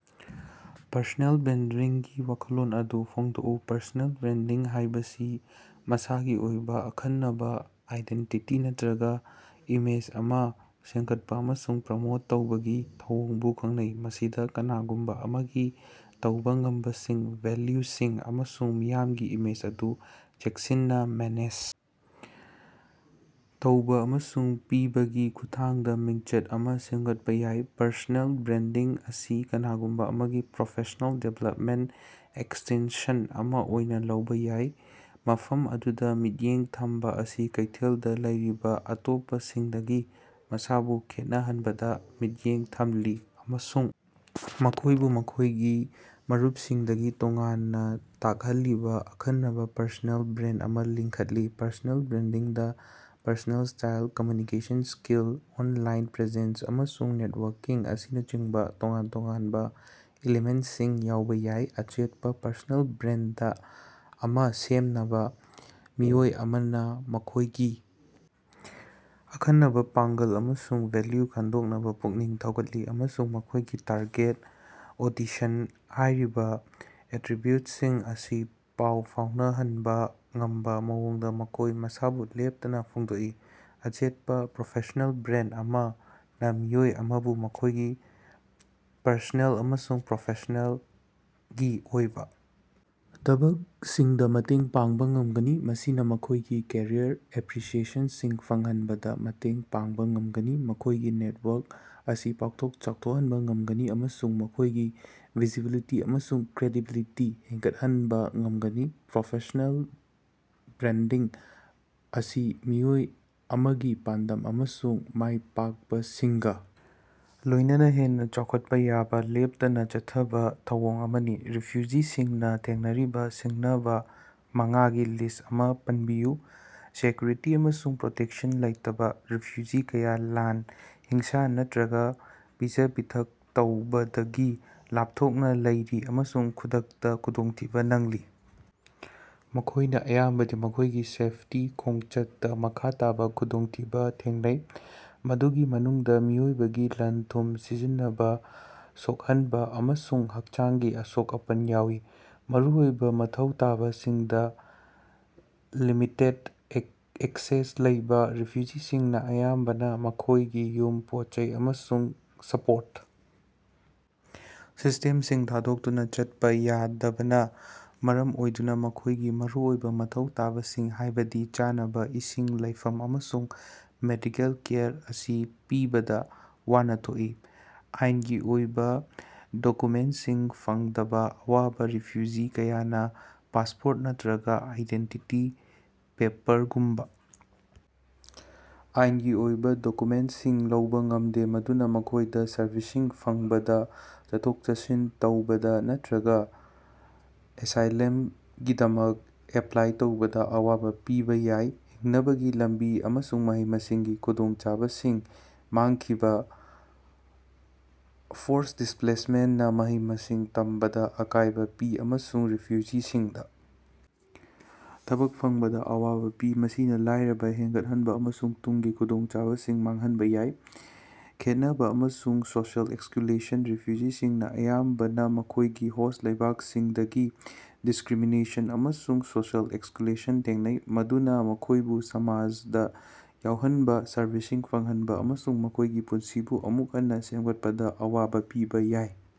Personal ꯕ꯭ꯔꯥꯟꯗꯤꯡꯒꯤ ꯋꯥꯈꯜꯂꯣꯟ ꯑꯗꯨ ꯐꯣꯡꯗꯣꯛꯎ꯫ ꯄꯔꯁꯣꯅꯦꯜ ꯕ꯭ꯔꯥꯟꯗꯤꯡ ꯍꯥꯏꯕꯁꯤ ꯃꯁꯥꯒꯤ ꯑꯣꯏꯕ ꯑꯈꯟꯅꯕ ꯑꯥꯏꯗꯦꯟꯇꯤꯇꯤ ꯅꯠꯇꯔꯒ ꯏꯃꯦꯖ ꯑꯃ ꯁꯦꯝꯒꯠꯄ ꯑꯃꯁꯨꯡ ꯄ꯭ꯔꯃꯣꯠ ꯇꯧꯕꯒꯤ ꯊꯧꯑꯣꯡꯕꯨ ꯈꯪꯅꯩ꯫ ꯃꯁꯤꯗ ꯀꯅꯥꯒꯨꯝꯕ ꯑꯃꯒꯤ ꯇꯧꯕ ꯉꯝꯕꯁꯤꯡ, ꯚꯦꯂ꯭ꯌꯨꯁꯤꯡ ꯑꯃꯁꯨꯡ ꯃꯤꯌꯥꯝꯒꯤ ꯏꯃꯦꯖ ꯑꯗꯨ ꯆꯦꯛꯁꯤꯟꯅ ꯃꯦꯅꯦꯖ ꯇꯧꯕ ꯑꯃꯁꯨꯡ ꯄꯤꯕꯒꯤ ꯈꯨꯠꯊꯥꯡꯗ ꯃꯤꯡꯆꯠ ꯑꯃ ꯁꯦꯝꯒꯠꯄ ꯌꯥꯎꯏ꯫ ꯄꯔꯁꯣꯅꯦꯜ ꯕ꯭ꯔꯥꯟꯗꯤꯡ ꯑꯁꯤ ꯀꯅꯥꯒꯨꯝꯕ ꯑꯃꯒꯤ ꯄ꯭ꯔꯣꯐꯦꯁ꯭ꯅꯦꯜ ꯗꯤꯕꯦꯂꯞꯃꯦꯟꯇꯀꯤ ꯑꯦꯛꯁꯇꯦꯟꯁꯟ ꯑꯃ ꯑꯣꯏꯅ ꯂꯧꯕ ꯌꯥꯏ, ꯃꯐꯝ ꯑꯗꯨꯗ ꯃꯤꯠꯌꯦꯡ ꯊꯝꯕ ꯑꯁꯤ ꯀꯩꯊꯦꯜꯗ ꯂꯩꯔꯤꯕ ꯑꯇꯣꯞꯄꯁꯤꯡꯗꯒꯤ ꯃꯁꯥꯕꯨ ꯈꯦꯠꯅꯍꯟꯕꯗ ꯃꯤꯠꯌꯦꯡ ꯊꯝꯂꯤ, ꯑꯃꯁꯨꯡ ꯃꯈꯣꯏꯕꯨ ꯃꯈꯣꯏꯒꯤ ꯃꯔꯨꯞꯁꯤꯡꯗꯒꯤ ꯇꯣꯉꯥꯟꯅ ꯇꯥꯍꯜꯂꯤꯕ ꯑꯈꯟꯅꯕ ꯄꯔꯁꯣꯅꯦꯜ ꯕ꯭ꯔꯥꯟꯗ ꯑꯃ ꯂꯤꯡꯈꯠꯂꯤ꯫ ꯄꯔꯁꯣꯅꯦꯜ ꯕ꯭ꯔꯥꯟꯗꯤꯡꯗ personal style, communication skill, online presence, ꯑꯃꯁꯨꯡ ꯅꯦꯠꯋꯥꯔꯀꯤꯡ ꯑꯁꯤꯅꯆꯤꯡꯕ ꯇꯣꯉꯥꯟ-ꯇꯣꯉꯥꯟꯕ ꯏꯂꯤꯃꯦꯟꯇꯁꯤꯡ ꯌꯥꯎꯕ ꯌꯥꯏ꯫ ꯑꯆꯦꯠꯄ ꯄꯔꯁꯣꯅꯦꯜ ꯕ꯭ꯔꯥꯟꯗ ꯑꯃ ꯁꯦꯝꯅꯕ, ꯃꯤꯑꯣꯏ ꯑꯃꯅ ꯃꯈꯣꯏꯒꯤ ꯑꯈꯟꯅꯕ ꯄꯥꯡꯒꯜ ꯑꯃꯁꯨꯡ ꯚꯦꯂ꯭ꯌꯨꯁꯤꯡ ꯈꯪꯗꯣꯛꯅꯕ ꯄꯨꯛꯅꯤꯡ ꯊꯧꯒꯠꯂꯤ, ꯑꯃꯁꯨꯡ ꯃꯈꯣꯏꯒꯤ ꯇꯥꯔꯒꯦꯠ ꯑꯣꯗꯤꯁꯟꯗꯥ ꯍꯥꯏꯔꯤꯕ‌ ꯑꯦꯇꯔꯤꯕ꯭ꯌꯨꯠꯁꯤꯡ ꯑꯁꯤ ꯄꯥꯎ ꯐꯥꯎꯅꯍꯟꯕ ꯉꯝꯕ ꯃꯑꯣꯡꯗ ꯃꯈꯣꯏ ꯃꯁꯥꯕꯨ ꯂꯦꯞꯇꯅ ꯐꯣꯡꯗꯣꯛꯏ꯫ ꯑꯆꯦꯠꯄ ꯄꯔꯁꯣꯅꯦꯜ ꯕ꯭ꯔꯥꯟꯗ ꯑꯃꯅ ꯃꯤꯑꯣꯏ ꯑꯃꯕꯨ ꯃꯈꯣꯏꯒꯤ ꯄꯔꯁꯣꯅꯦꯜ ꯑꯃꯁꯨꯡ ꯄ꯭ꯔꯣꯐꯦꯁ꯭ꯅꯦꯜꯒꯤ ꯑꯣꯏꯕ ꯊꯕꯛꯁꯤꯡꯗ ꯃꯇꯦꯡ ꯄꯥꯡꯕ ꯉꯝꯒꯅꯤ꯫ ꯃꯁꯤꯅ ꯃꯈꯣꯏꯒꯤ ꯀꯦꯔꯤꯌꯔ ꯑꯦꯁ꯭ꯄꯤꯔꯦꯁꯟꯁꯤꯡ ꯐꯪꯍꯟꯕꯗ ꯃꯇꯦꯡ ꯄꯥꯡꯕ ꯉꯝꯒꯅꯤ, ꯃꯈꯣꯏꯒꯤ ꯅꯦꯟꯋꯔꯛ ꯑꯁꯤ ꯄꯥꯛꯊꯣꯛ ꯆꯥꯎꯊꯣꯛꯍꯟꯕ ꯉꯝꯒꯅꯤ ꯑꯃꯁꯨꯡ ꯃꯈꯣꯏꯒꯤ ꯚꯤꯖꯤꯕꯤꯂꯤꯇꯤ ꯑꯃꯁꯨꯡ ꯀ꯭ꯔꯦꯗꯤꯕꯤꯂꯤꯇꯤ ꯍꯦꯟꯒꯠꯍꯟꯕ ꯉꯝꯒꯅꯤ꯫ ꯄꯔꯁꯣꯅꯦꯜ ꯕ꯭ꯔꯥꯟꯗꯤꯡ ꯑꯁꯤ ꯃꯤꯑꯣꯏ ꯑꯃꯒꯤ ꯄꯥꯟꯗꯝ ꯑꯃꯁꯨꯡ ꯃꯥꯏꯄꯥꯛꯄꯁꯤꯡꯒ ꯂꯣꯏꯅꯅꯥ ꯍꯦꯟꯅ ꯆꯥꯎꯈꯠꯄ ꯌꯥꯕ ꯂꯦꯞꯇꯅꯥ ꯆꯠꯊꯕꯥ ꯊꯧꯑꯣꯡ ꯑꯃꯅꯤ꯫ ꯔꯤꯐ꯭ꯌꯨꯖꯤꯁꯤꯡꯅ ꯊꯦꯡꯅꯔꯤꯕ ꯁꯤꯡꯅꯕꯥ ꯃꯉꯥꯒꯤ ꯂꯤꯁ꯭ꯠ ꯑꯃ ꯄꯟꯕꯤꯌꯨ꯫ ꯁꯦꯀ꯭ꯌꯨꯔꯤꯇꯤ ꯑꯃꯁꯨꯡ ꯄ꯭ꯔꯣꯇꯦꯛꯁꯟ ꯂꯩꯇꯕꯥ - ꯔꯤꯐ꯭ꯌꯨꯖꯤ ꯀꯌꯥ ꯂꯥꯟ, ꯍꯤꯡꯁꯥ ꯅꯠꯇꯔꯒ ꯄꯤꯖ-ꯄꯤꯊꯛ ꯇꯧꯕꯗꯒꯤ ꯂꯥꯞꯊꯣꯛꯅ ꯂꯩꯔꯤ ꯑꯃꯁꯨꯡ ꯈꯨꯗꯛꯇ ꯈꯨꯗꯣꯡꯊꯤꯕ ꯅꯪꯂꯤ꯫ ꯃꯈꯣꯏꯅ ꯑꯌꯥꯝꯕꯗꯤ ꯃꯈꯣꯏꯒꯤ ꯁꯦꯐꯇꯤꯒꯤ ꯈꯣꯡꯆꯠꯇ ꯃꯈꯥ ꯇꯥꯕ ꯈꯨꯗꯣꯡꯊꯤꯕ ꯊꯦꯡꯅꯩ, ꯃꯗꯨꯒꯤ ꯃꯅꯨꯡꯗ ꯃꯤꯑꯣꯏꯕꯒꯤ ꯂꯟ-ꯊꯨꯝ ꯁꯤꯖꯤꯟꯅꯕꯥ, ꯁꯣꯛꯍꯟꯕ, ꯑꯃꯁꯨꯡ ꯍꯛꯆꯥꯡꯒꯤ ꯑꯁꯣꯛ-ꯑꯄꯟ ꯌꯥꯎꯏ꯫ ꯃꯔꯨꯑꯣꯏꯕ ꯃꯊꯧ ꯇꯥꯕꯁꯤꯡꯗ ꯂꯤꯃꯤꯇꯦꯗ ꯑꯦꯛꯁꯦꯁ ꯂꯩꯕ - ꯔꯤꯐ꯭ꯌꯨꯖꯤꯁꯤꯡꯅ ꯑꯌꯥꯝꯕꯅꯥ ꯃꯈꯣꯏꯒꯤ ꯌꯨꯝ, ꯄꯣꯠ-ꯆꯩ ꯑꯃꯁꯨꯡ ꯁꯄꯣꯔꯠ ꯁꯤꯁꯇꯦꯝꯁꯤꯡ ꯊꯥꯗꯣꯛꯇꯨꯅ ꯆꯠꯄ ꯌꯥꯗꯕꯅ ꯃꯔꯝ ꯑꯣꯏꯗꯨꯅ ꯃꯈꯣꯏꯒꯤ ꯃꯔꯨꯑꯣꯏꯕ ꯃꯊꯧ ꯇꯥꯕꯁꯤꯡ ꯍꯥꯏꯕꯗꯤ ꯆꯥꯅꯕꯥ, ꯏꯁꯤꯡ, ꯂꯩꯐꯝ, ꯑꯃꯁꯨꯡ ꯃꯦꯗꯤꯀꯦꯜ ꯀꯦꯌꯔ ꯑꯁꯤ ꯄꯤꯕꯗ ꯋꯥꯅ ꯊꯣꯛꯏ꯫ ꯑꯥꯏꯟꯒꯤ ꯑꯣꯏꯕ ꯗꯣꯀ꯭ꯌꯨꯃꯦꯟꯇꯁꯤꯡ ꯐꯪꯕꯗ ꯑꯋꯥꯕ - ꯔꯤꯐ꯭ꯌꯨꯖꯤ ꯀꯌꯥꯅ ꯄꯥꯁꯄꯣꯔꯠ ꯅꯠꯇꯔꯒ ꯑꯥꯏꯗꯦꯟꯇꯤꯇꯤ ꯄꯦꯄꯔꯒꯨꯝꯕ ꯑꯥꯏꯟꯒꯤ ꯑꯣꯏꯕ ꯗꯣꯀ꯭ꯌꯨꯃꯦꯟꯇꯁꯤꯡ ꯂꯧꯕ ꯉꯝꯗꯦ, ꯃꯗꯨꯅ ꯃꯈꯣꯏꯗꯥ ꯁꯔꯚꯤꯁꯁꯤꯡ ꯐꯪꯕꯗ, ꯆꯠꯊꯣꯛ-ꯆꯠꯁꯤꯟ ꯇꯧꯕꯗ ꯅꯠꯇꯔꯒ ꯑꯦꯁꯤꯂꯝꯒꯤꯗꯃꯛꯇ ꯑꯦꯄ꯭ꯂꯥꯏ ꯇꯧꯕꯗ ꯑꯋꯥꯕ ꯄꯤꯕ ꯌꯥꯏ꯫ ꯍꯤꯡꯅꯕꯒꯤ ꯂꯝꯕꯤ ꯑꯃꯁꯨꯡ ꯃꯍꯩ-ꯃꯁꯤꯡꯒꯤ ꯈꯨꯗꯣꯡꯆꯥꯕꯁꯤꯡ ꯃꯥꯡꯈꯤꯕ - ꯐꯣꯔꯁ ꯗꯤꯁꯄ꯭ꯂꯦꯁꯃꯦꯟꯇꯅꯥ ꯃꯍꯩ-ꯃꯁꯤꯡ ꯇꯝꯕꯗ ꯑꯀꯥꯏꯕ ꯄꯤ ꯑꯃꯁꯨꯡ ꯔꯤꯐ꯭ꯌꯨꯖꯤꯁꯤꯡꯗ ꯊꯕꯛ ꯐꯪꯕꯗ ꯑꯋꯥꯕ ꯄꯤ, ꯃꯁꯤꯅ ꯂꯥꯏꯔꯕꯥ ꯍꯦꯟꯒꯠꯍꯟꯕ ꯑꯃꯁꯨꯡ ꯇꯨꯡꯒꯤ ꯈꯨꯗꯣꯡꯆꯥꯕꯁꯤꯡ ꯃꯥꯡꯍꯟꯕ ꯌꯥꯏ꯫ ꯈꯦꯟꯅꯕ ꯑꯃꯁꯨꯡ ꯁꯣꯁꯤꯑꯦꯜ ꯑꯦꯛꯁꯀ꯭ꯂꯨꯁꯟ - ꯔꯤꯐ꯭ꯌꯨꯖꯤꯁꯤꯡꯅ ꯑꯌꯥꯝꯕꯅ ꯃꯈꯣꯏꯒꯤ ꯍꯣꯁ꯭ꯠ ꯂꯩꯕꯥꯛꯁꯤꯡꯗ ꯗꯤꯁꯀ꯭ꯔꯤꯃꯤꯅꯦꯁꯟ ꯑꯃꯁꯨꯡ ꯁꯣꯁꯤꯑꯦꯜ ꯑꯦꯛꯁꯀ꯭ꯂꯨꯁꯟ ꯊꯦꯡꯅꯩ, ꯃꯗꯨꯅ ꯃꯈꯣꯏꯕꯨ ꯁꯃꯥꯖꯗ ꯌꯥꯎꯍꯟꯕ, ꯁꯔꯚꯤꯁꯁꯤꯡ ꯐꯪꯍꯟꯕ ꯑꯃꯁꯨꯡ ꯃꯈꯣꯏꯒꯤ ꯄꯨꯟꯁꯤꯕꯨ ꯑꯃꯨꯛ ꯍꯟꯅ ꯁꯦꯝꯒꯠꯄꯗ ꯑꯋꯥꯕ ꯄꯤꯕ ꯌꯥꯏ꯫